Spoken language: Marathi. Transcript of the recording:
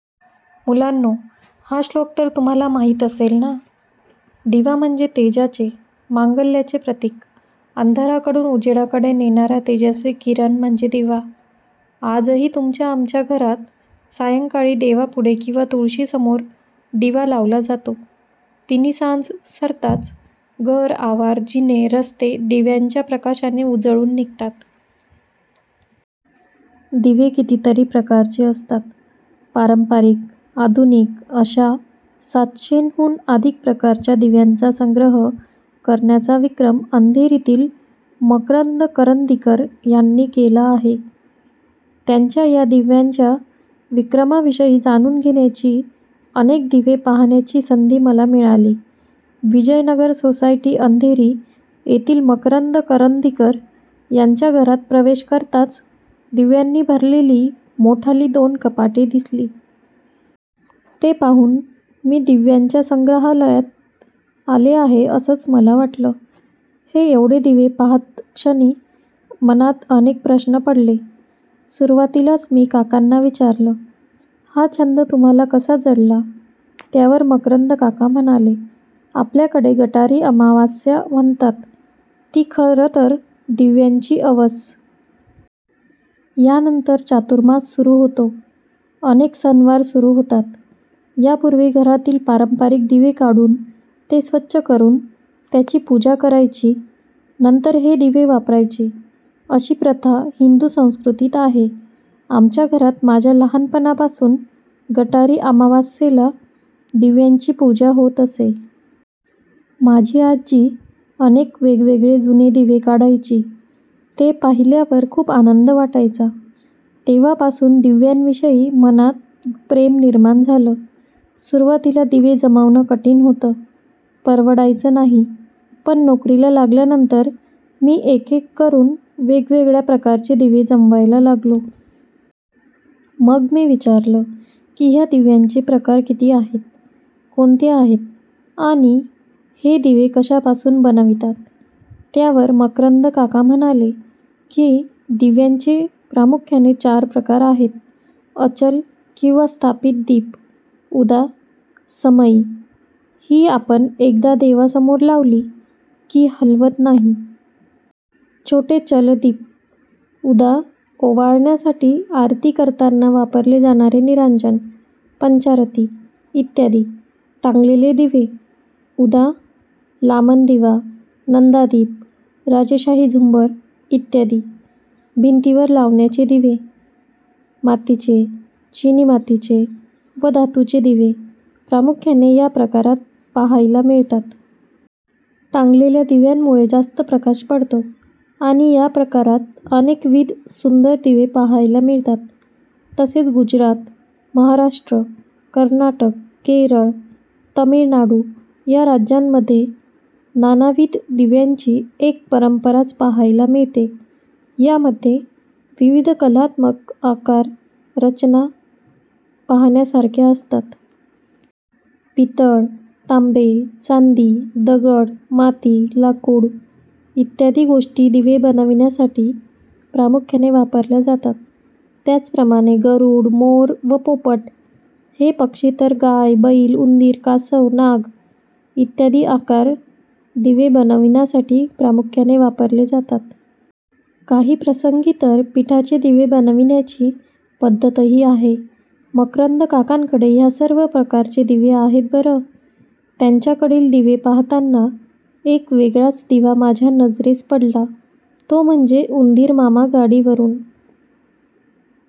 मुलांनो, हा श्लोक तर तुम्हांला माहीत असेल ना! दिवा म्हणजे तेजाचे, मांगल्याचे प्रतीक. अंधाराकडून उजेडाकडे नेणारा तेजस्वी किरण म्हणजे दिवा. आजही तुमच्या-आमच्या घरात सायंकाळी देवापुढे किंवा तुळशीसमोर दिवा लावला जातो. तिन्हीसांज सरताच घर, आवार, जिने, रस्ते दिव्यांच्या प्रकाशाने उजळून निघतात. दिवे कितीतरी प्रकारचे असतात. पारंपरिक, आधुनिक अशा सातशेंहून अधिक प्रकारच्या दिव्यांचा संग्रह करण्याचा विक्रम, अंधेरीतील मकरंद करंदीकर यांनी केला आहे. त्यांच्या या दिव्यांच्या विक्रमाविषयी जाणून घेण्याची, अनेक दिवे पाहण्याची संधी मला मिळाली. विजयनगर सोसायटी अंधेरी येथील मकरंद करंदीकर यांच्या घरात प्रवेश करताच दिव्यांनी भरलेली मोठाली दोन कपाटे दिसली. ते पाहून मी दिव्यांच्या संग्रहालयात आले आहे, असंच मला वाटलं. हे एवढे दिवे पाहतक्षणी मनात अनेक प्रश्न पडले. सुरुवातीलाच मी काकांना विचारलं- "हा छंद तुम्हांला कसा जडला?" त्यावर मकरंद काका म्हणाले, "आपल्याकडे गटारी अमावास्या म्हणतात, ती खरंतर दिव्यांची अवस. यानंतर चातुर्मास सुरू होतो. अनेक सणवार सुरू होतात. यापूर्वी घरातील पारंपरिक दिवे काढून ते स्वच्छ करून त्याची पूजा करायची, नंतर हे दिवे वापरायचे, अशी प्रथा हिंदू संस्कृतीत आहे. आमच्या घरात माझ्या लहानपणापासून गटारी अमावास्येला दिव्यांची पूजा होत असे. माझी आजी अनेक वेगवेगळे जुने दिवे काढायची ते पाहिल्यावर खूप आनंद वाटायचा. तेव्हापासून दिव्यांविषयी मनात प्रेम निर्माण झालं. सुरुवातीला दिवे जमवणं कठीण होतं. परवडायचं नाही. पण नोकरीला लागल्यानंतर मी एक-एक करून वेगवेगळ्या प्रकारचे दिवे जमवायला लागलो." मग मी विचारलं की ह्या दिव्यांचे प्रकार किती आहेत, कोणते आहेत आणि हे दिवे कशापासून बनवितात? त्यावर मकरंद काका म्हणाले की, दिव्यांचे प्रामुख्याने चार प्रकार आहेत. अचल किंवा स्थापित दीप उदा. समई. ही आपण एकदा देवासमोर लावली की हलवत नाही. छोटे चल दीप- उदा. ओवाळण्यासाठी, आरती करताना वापरले जाणारे निरांजन, पंचारती इत्यादी. टांगलेले दिवे- उदा. लामण दिवा, नंदादीप, राजेशाही झुंबर इत्यादी. भिंतीवर लावण्याचे दिवे- मातीचे, चिनी मातीचे व धातूचे दिवे प्रामुख्याने या प्रकारात पाहायला मिळतात. टांगलेल्या दिव्यांमुळे जास्त प्रकाश पडतो आणि या प्रकारात अनेकविध सुंदर दिवे पाहायला मिळतात. तसेच गुजरात, महाराष्ट्र, कर्नाटक, केरळ, तमिळनाडू या राज्यांमध्ये नानाविध दिव्यांची एक परंपराच पाहायला मिळते. यामध्ये विविध कलात्मक आकार, रचना पाहण्यासारख्या असतात. पितळ, तांबे, चांदी, दगड, माती, लाकूड इत्यादी गोष्टी दिवे बनविण्यासाठी प्रामुख्याने वापरल्या जातात. त्याचप्रमाणे गरुड, मोर व पोपट हे पक्षी तर गाय, बैल, उंदीर, कासव, नाग इत्यादी आकार दिवे बनविण्यासाठी प्रामुख्याने वापरले जातात. काही प्रसंगी तर पीठाचे दिवे बनविण्याची पद्धतही आहे. मकरंद काकांकडे ह्या सर्व प्रकारचे दिवे आहेत बरं. त्यांच्याकडील दिवे पाहताना एक वेगळाच दिवा माझ्या नजरेस पडला तो म्हणजे उंदीरमामा गाडीवरून...